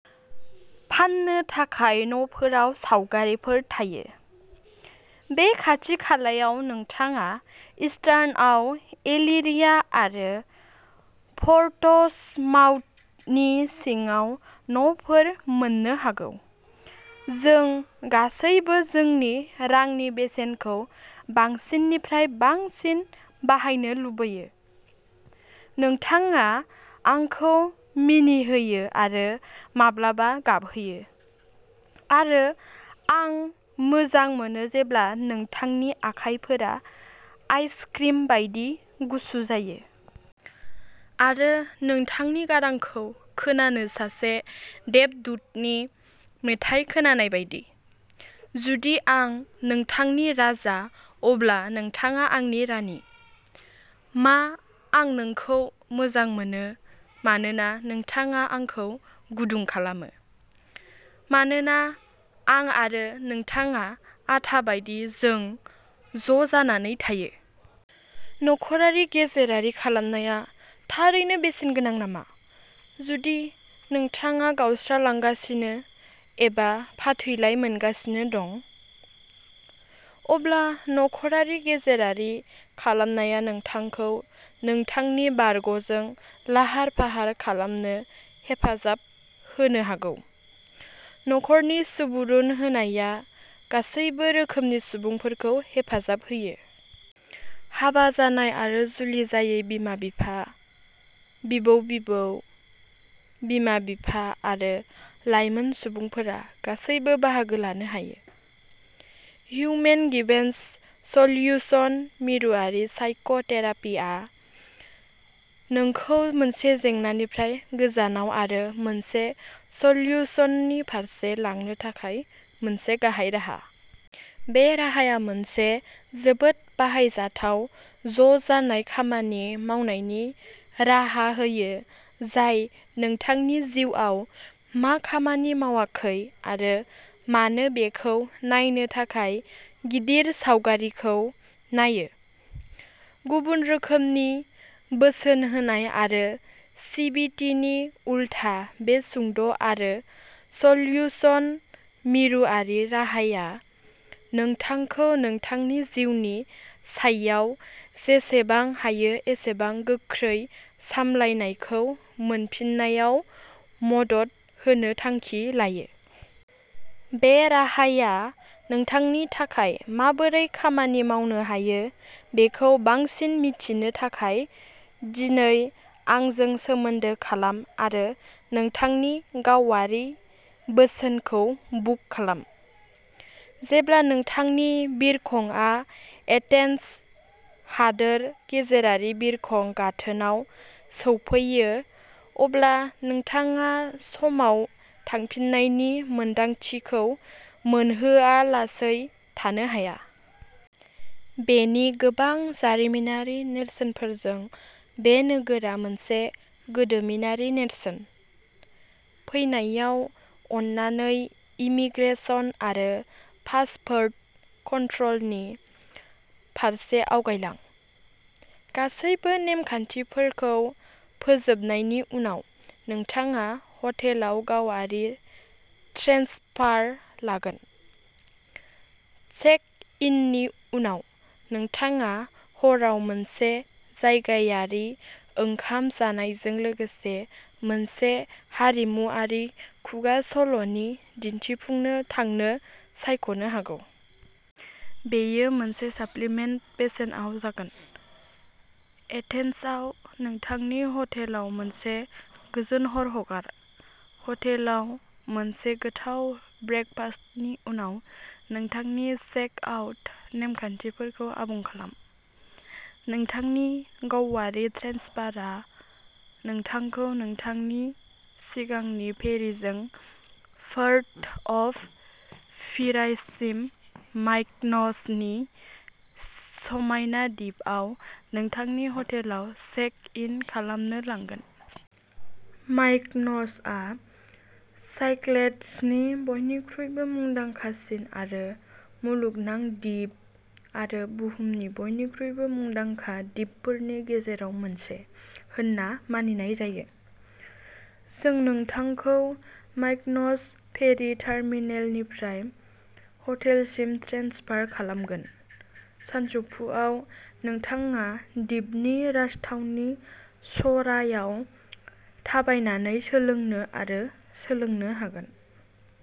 फान्नो थाखाय न'फोराव सावगारिफोर थायो। बे खाथिखालायाव नोंथाङा इस्टार्नआव एलिरिया आरो पोर्टसमाउथनि सिङाव न'फोर मोन्नो हागौ। जों गासैबो जोंनि रांनि बेसेनखौ बांसिननिफ्राय बांसिन बाहायनो लुबैयो। नोंथाङा आंखौ मिनिहोयो आरो माब्लाबा गाबहोयो। आरो आं मोजां मोनो जेब्ला नोंथांनि आखाइफोरा आइसक्रिम बायदि गुसु जायो। आरो नोंथांनि गारांखौ खोनानो सासे देबदूतनि मेथाइ खोनानाय बायदि। जुदि आं नोंथांनि राजा अब्ला नोंथाङा आंनि रानि। मा आं नोंखौ मोजां मोनो मानोना नोंथाङा आंखौ गुदुं खालामो। मानोना आं आरो नोंथाङा आथा बायदि जों ज'जानानै थायो। नख'रारि गेजेरारि खालामनाया थारैनो बेसेन गोनां नामा? जुदि नोंथाङा गावस्रालांगासिनो एबा फाथैलाइ मोनगासिनो दं। अब्ला नख'रारि गेजेरारि खालामनाया नोंथांखौ नोंथांनि बारग'जों लाहार-फाहार खालामनो हेफाजाब होनो हागौ। नखरनि सुबुरुन होनाया गासैबो रोखोमनि सुबुंफोरखौ हेफाजाब होयो। हाबा जानाय आरो जुलि जायै बिमा-बिफा, बिबौ-बिबौ, बिमा-बिफा आरो लाइमोन सुबुंफोरा गासैबो बाहागो लानो हायो। हिउमेन गिभेन्स सलयुशन मिरुआरि साइक'थेरापिआ नोंखौ मोनसे जेंनानिफ्राय गोजानाव आरो मोनसे सल्युसननि फारसे लांनो थाखाय मोनसे गाहाय राहा। बे राहाया मोनसे जोबोद बाहायजाथाव ज'जानाय खामानि मावनायनि राहा होयो जाय नोंथांनि जिउआव मा खामानि मावाखै आरो मानो बेखौ नायनो थाखाय गिदिर सावगारिखौ नायो। गुबुन रोखोमनि बोसोन होनाय आरो सिबिटिनि उलथा बे सुंद'आरो सलयुशन मिरुआरि राहाआ नोंथांखौ नोंथांनि जिउनि सायाव जेसेबां हायो एसेबां गोख्रै सामलायनायखौ मोनफिननायाव मदद होनो थांखि लायो। बे राहाया नोंथांनि थाखाय माबोरै खामानि मावनो हायो बेखौ बांसिन मिथिनो थाखाय दिनै आंजों सोमोन्दो खालाम आरो नोंथांनि गावारि बोसोनखौ बुक खालाम। जेब्ला नोंथांनि बिरखंआ एथेन्स हादोर गेजेरारि बिरखं गाथोनाव सौफैयो अब्ला नोंथाङा समाव थांफिननायनि मोनदांथिखौ मोनहोआलासै थानो हाया। बेनि गोबां जारिमिनारि नेरसोनफोरजों बे नोगोरा मोनसे गोदोमिनारि नेरसोन। फैनायाव अननानै इमिग्रेशन आरो पासपोर्ट कनट्र'लनि फारसे आवगायलां। गासैबो नेमखान्थिफोरखौ फोजोबनायनि उनाव नोंथाङा हटेलाव गावारि ट्रेनसफार लागोन। चेक-इननि उनाव नोंथाङा हराव मोनसे जायगायारि ओंखाम जानायजों लोगोसे मोनसे हारिमुआरि खुगा सल'नि दिन्थिफुंनो थांनो सायख'नो हागौ। बेयो मोनसे साप्लिमेन्ट बेसेनआव जागोन। एथेन्सआव नोंथांनि हटेलाव मोनसे गोजोन हर हगार। हटेलाव मोनसे गोथाव ब्रेकफास्टनि उनाव नोंथांनि चेक-आउट नेमखान्थिफोरखौ आबुं खालाम। नोंथांनि गावारि ट्रेनसफारआ नोंथांखौ नोंथांनि सिगांनि फेरिजों पोर्ट अफ पिरायससिम मायकन'सनि समायना दिपआव नोंथांनि हटेलाव चेक-इन खालामनो लांगोन। मायकन'सआ साइक्लेड्सनि बयनिख्रुइबो मुंदांखासिन आरो मुलुगनां दिप आरो बुहुमनि बयनिख्रुइबो मुंदांखा दिपफोरनि गेजेराव मोनसे होनना मानिनाय जायो। जों नोंथांखौ मायकन'स फेरि टार्मिनेलनिफ्राय हटेलसिम ट्रेन्सफार खालामगोन। सानजौफुआव नोंथाङा दिपनि राजथावनि च'रायाव थाबायनानै सोलोंनो आरो सोलोंनो हागोन।